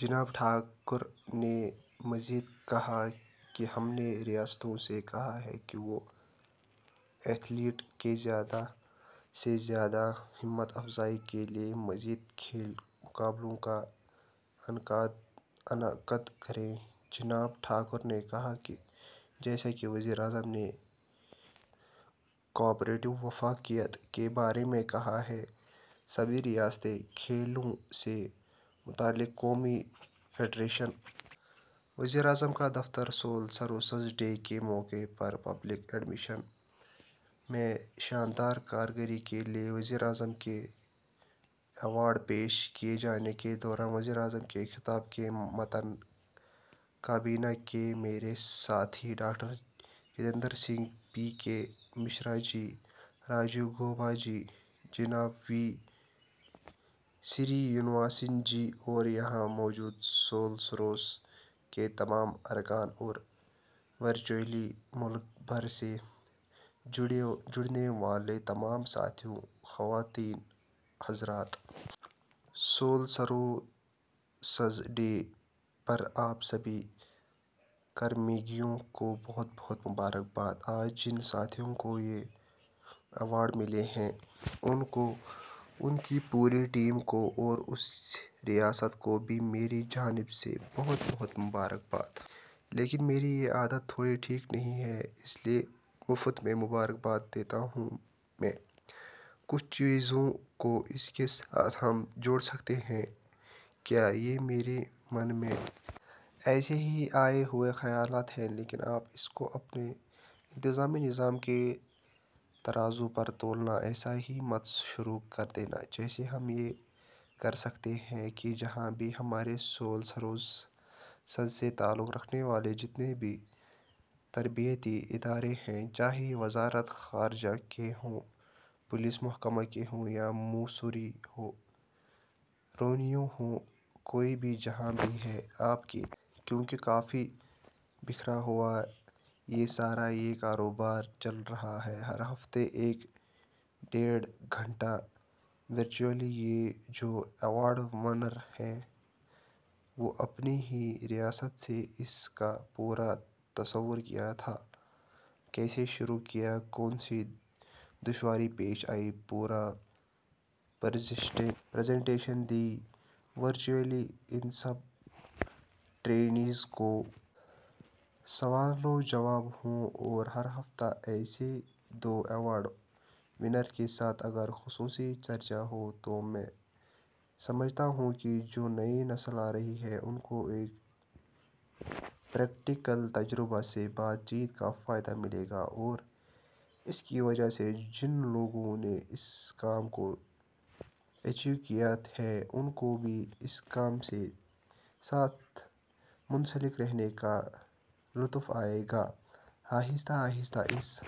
جناب ٹھاکر نے مزید کہا کہ ہم نے ریاستو سے کہا ہے کہ وہ ایتھلیٹ کی زیادہ سے زیادہ ہمت افزائی کے لیے مزید کھیل مقابلوں کا انعقد کریں۔ جناب ٹھاکر نے کہا کہ جیساکہ وزیراعظم نے کوآپریٹیو وفاقیت کے بارے میں کہا ہے سبھی ریاستیں کھیلوں سے متعلق قومی فیڈریشن ،. وزیراعظم کا دفتر سول سروسز ڈے کے موقع پر پبلک ایڈمنسٹریشن میں شاندار کارکردگی کے لئے وزیراعظم کے ایوارڈ پیش کئے جانے کے دوران وزیراعظم کے خطاب کا متن کابینہ کے میرے ساتھی ڈاکٹر جتیندر سنگھ، پی کے مشرا جی، راجیو گوبا جی، جناب وی سرینواسن جی اور یہاں موجود سول سروس کے تمام ارکان اور ورچوئلی ملک بھر سے جڑنے والے تمام ساتھیوں، خواتین و حضرات! سول سروسز ڈے پر آپ سبھی کرمیوگیوں کو بہت بہت مبارک باد۔ آج جن ساتھیوں کو یہ ایوارڈ ملے ہیں، ان کو ، ان کی پوری ٹیم کو اور اس ریاست کو بھی میری جانب سے بہت بہت مبارک باد۔ لیکن میری یہ عادت تھوڑی ٹھیک نہیں ہے اس لئے مفت میں مبارک باد نہیں دیتا ہوں میں۔ کچھ چیزوں کو اس کے ساتھ ہم جوڑ سکتے ہیں کیا؟ یہ میرے من میں ایسے ہی آئے ہوئے خیالات ہیں لیکن آپ اس کو اپنے انتظامی نظام کے ترازو پر تولنا ایسا ہی مت شروع کردینا، جیسے ہم یہ کرسکتے ہیں کہ جہاں بھی ہمارے سول سروسز سے تعلق رکھنے والے جتنے بھی تربیتی ادارے ہیں، چاہئے وزارت خارجہ کے ہوں، پولیس محکمے کے ہوں، یا مسوری ہو ، روینیو ہو ، کوئی بھی جہاں بھی ہے، آپ کے۔ کیونکہ کافی بکھرا ہوا یہ سارا یہ کاروبار چل رہا ہے، ہر ہفتے ایک ڈیڑھ گھنٹہ ورچوئلی یہ جو ایوارڈ ونر ہیں، وہ اپنی ہی ریاست سے اس کا پورا تصور کیا تھا، کیسے شروع کیا، کون سی دشواری پیش آئی، پورا پرزنٹیشن دیں ورچوئلی ان سب ٹرینیز کو۔ سوال وجواب ہوں اور ہر ہفتے ایسے دو ایوارڈ ونر کے ساتھ اگر خصوصی چرچا ہو، تو میں سمجھتا ہوں کہ جو نئی نسل آرہی ہے ، ان کو ایک پریکٹیکل تجربہ سے بات چیت کا فائدہ ملے گا اور اس کی وجہ سے جن لوگوں نے اس کام کو اچیو کیا ہے، ان کو بھی اس کام کے ساتھ منسلک رہنے کا لطف آئے گا۔ آہستہ آہستہ اس